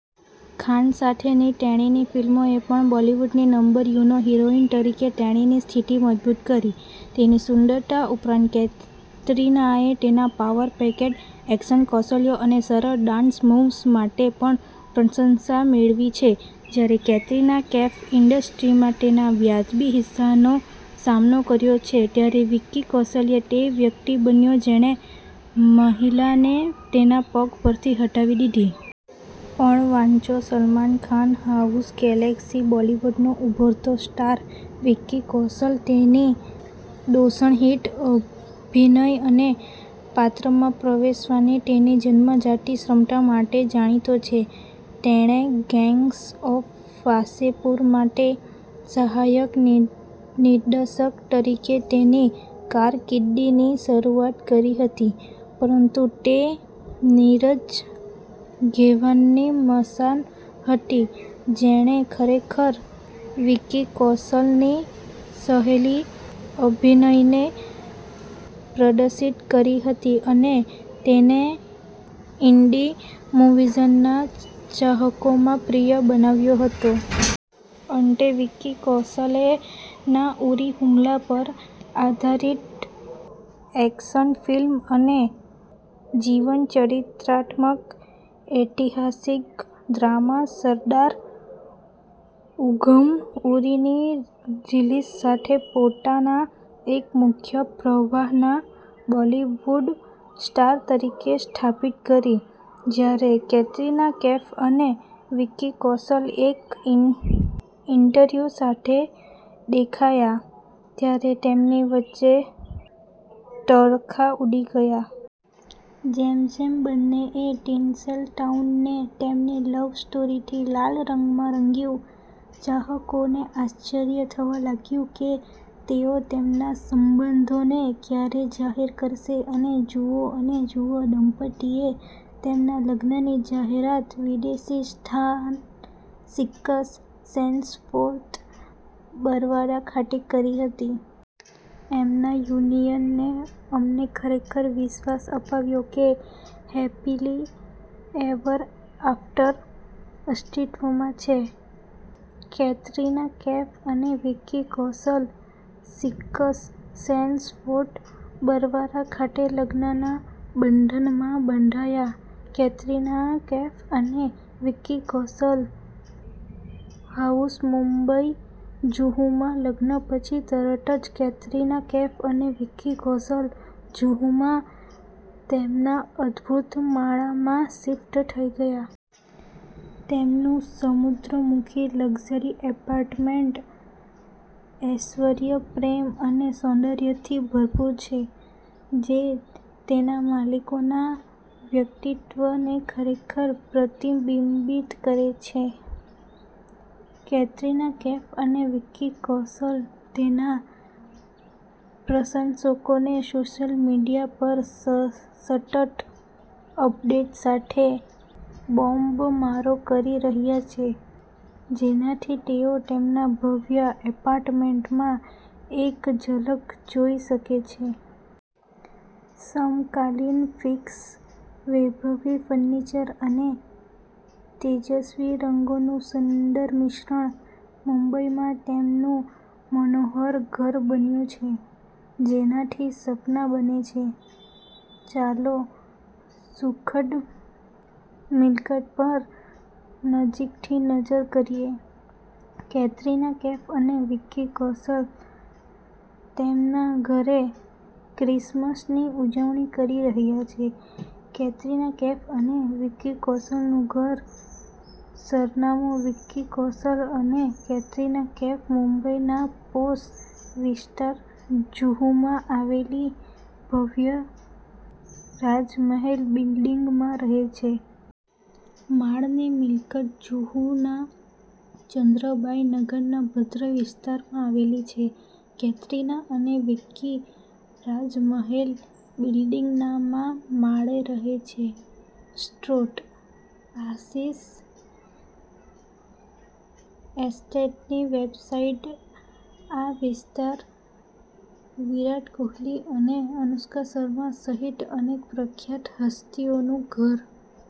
ખાન સાથેની તેણીની ફિલ્મોએ પણ બોલીવુડની નંબર યુનો હીરોઇન તરીકે તેણીની સ્થિતિ મજબૂત કરી. તેની સુંદરતા ઉપરાંત, કેટરિનાએ તેના પાવર-પેક્ડ એક્શન કૌશલ્યો અને સરળ ડાન્સ મૂવ્સ માટે પણ પ્રશંસા મેળવી છે. જ્યારે કેટરિના કૈફે ઇન્ડસ્ટ્રીમાં તેના વાજબી હિસ્સાનો સામનો કર્યો છે, ત્યારે વિકી કૌશલ તે વ્યક્તિ બન્યો જેણે મહિલાને તેના પગ પરથી હટાવી દીધી. પણ વાંચોસલમાન ખાન હાઉસગેલેક્સી બોલિવૂડનો ઉભરતો સ્ટાર, વિકી કૌશલ તેની દોષરહિત અભિનય અને પાત્રમાં પ્રવેશવાની તેની જન્મજાત ક્ષમતા માટે જાણીતો છે. તેણે ગેંગ્સ ઓફ વાસેપુર માટે સહાયક નિર્દેશક તરીકે તેની કારકિર્દીની શરૂઆત કરી હતી, પરંતુ તે નીરજ ઘેવાનની મસાન હતી જેણે ખરેખર વિકી કૌશલની સહેલી અભિનયને પ્રદર્શિત કરી હતી અને તેને ઇન્ડી મૂવીઝના ચાહકોમાં પ્રિય બનાવ્યો હતો. અંતે, વિકી કૌશલે ના ઉરી હુમલા પર આધારિત એક્શન ફિલ્મ અને જીવનચરિત્રાત્મક ઐતિહાસિક ડ્રામા સરદાર ઉધમ, ઉરીની રિલીઝ સાથે પોતાને એક મુખ્ય પ્રવાહના બોલિવૂડ સ્ટાર તરીકે સ્થાપિત કરી. જ્યારે કેટરીના કૈફ અને વિકી કૌશલ એક ઈન્ટરવ્યુમાં સાથે દેખાયા ત્યારે તેમની વચ્ચે તણખા ઉડી ગયા. જેમ જેમબંનેએ ટિન્સેલટાઉનને તેમની લવ સ્ટોરીથી લાલ રંગમાં રંગ્યું, ચાહકોને આશ્ચર્ય થવા લાગ્યું કે તેઓ તેમના સંબંધોને ક્યારે જાહેર કરશે, અને જુઓ અને જુઓ, દંપતીએ તેમના લગ્નની જાહેરાત વિદેશી સ્થાન, સિક્સ સેન્સ ફોર્ટ બરવારા ખાતે કરી હતી! તેમના યુનિયને અમને ખરેખર વિશ્વાસ અપાવ્યો કે 'હૅપીલી એવર આફ્ટર' અસ્તિત્વમાં છે! કેટરિના કૈફ અને Vicky Kaushal six senses fort Barwara ખાતે લગ્નના બંધનમાં બંધાયા કેટરિના કૈફ અને વિકી કૌશલ હાઉસ મુંબઈજુહુમાં લગ્ન પછી તરત જ, કેટરિના કૈફ અને વિકી કૌશલ જુહુમાં તેમના અદભૂત માળામાં શિફ્ટ થઈ ગયા. તેમનું સમુદ્ર-મુખી લક્ઝરી એપાર્ટમેન્ટ ઐશ્વર્ય, પ્રેમ અને સૌંદર્યથી ભરપૂર છે, જે તેના માલિકોના વ્યક્તિત્વને ખરેખર પ્રતિબિંબિત કરે છે. કેટરિના કૈફ અને વિકી કૌશલ તેમના પ્રશંસકોને સોશિયલ મીડિયા પર સતત અપડેટ્સ સાથે બોમ્બમારો કરી રહ્યા છે, જેનાથી તેઓ તેમના ભવ્ય એપાર્ટમેન્ટમાં એક ઝલક જોઈ શકે છે. સમકાલીન ફિક્સર, વૈભવી ફર્નિચર અને તેજસ્વી રંગોનું સુંદર મિશ્રણ, મુંબઈમાં તેમનું મનોહર ઘરબધું છે જેનાથી સપના બને છે! ચાલોસુખદ મિલકત પર નજીકથી નજર કરીએ. કેટરિના કૈફ અને વિકી કૌશલ તેમના ઘરે ક્રિસમસની ઉજવણી કરી રહ્યાં છે કેટરિના કૈફ અને વિકી કૌશલનું ઘરનું સરનામું વિકી કૌશલ અને કેટરિના કૈફ મુંબઈના પોશ વિસ્તાર જુહુમાં આવેલી ભવ્ય રાજમહેલ બિલ્ડિંગમાં રહે છે. માળની મિલકત જુહુના ચંદ્રબાઈ નગરના ભદ્ર વિસ્તારમાં આવેલી છે. કેટરિના અને વિકી રાજમહેલ બિલ્ડિંગના મા માળે રહે છે સ્રોતઃ આશિષ એસ્ટેટની વેબસાઈટઆ વિસ્તાર વિરાટ કોહલી અને અનુષ્કા શર્મા સહિત અનેક પ્રખ્યાત હસ્તીઓનું ઘર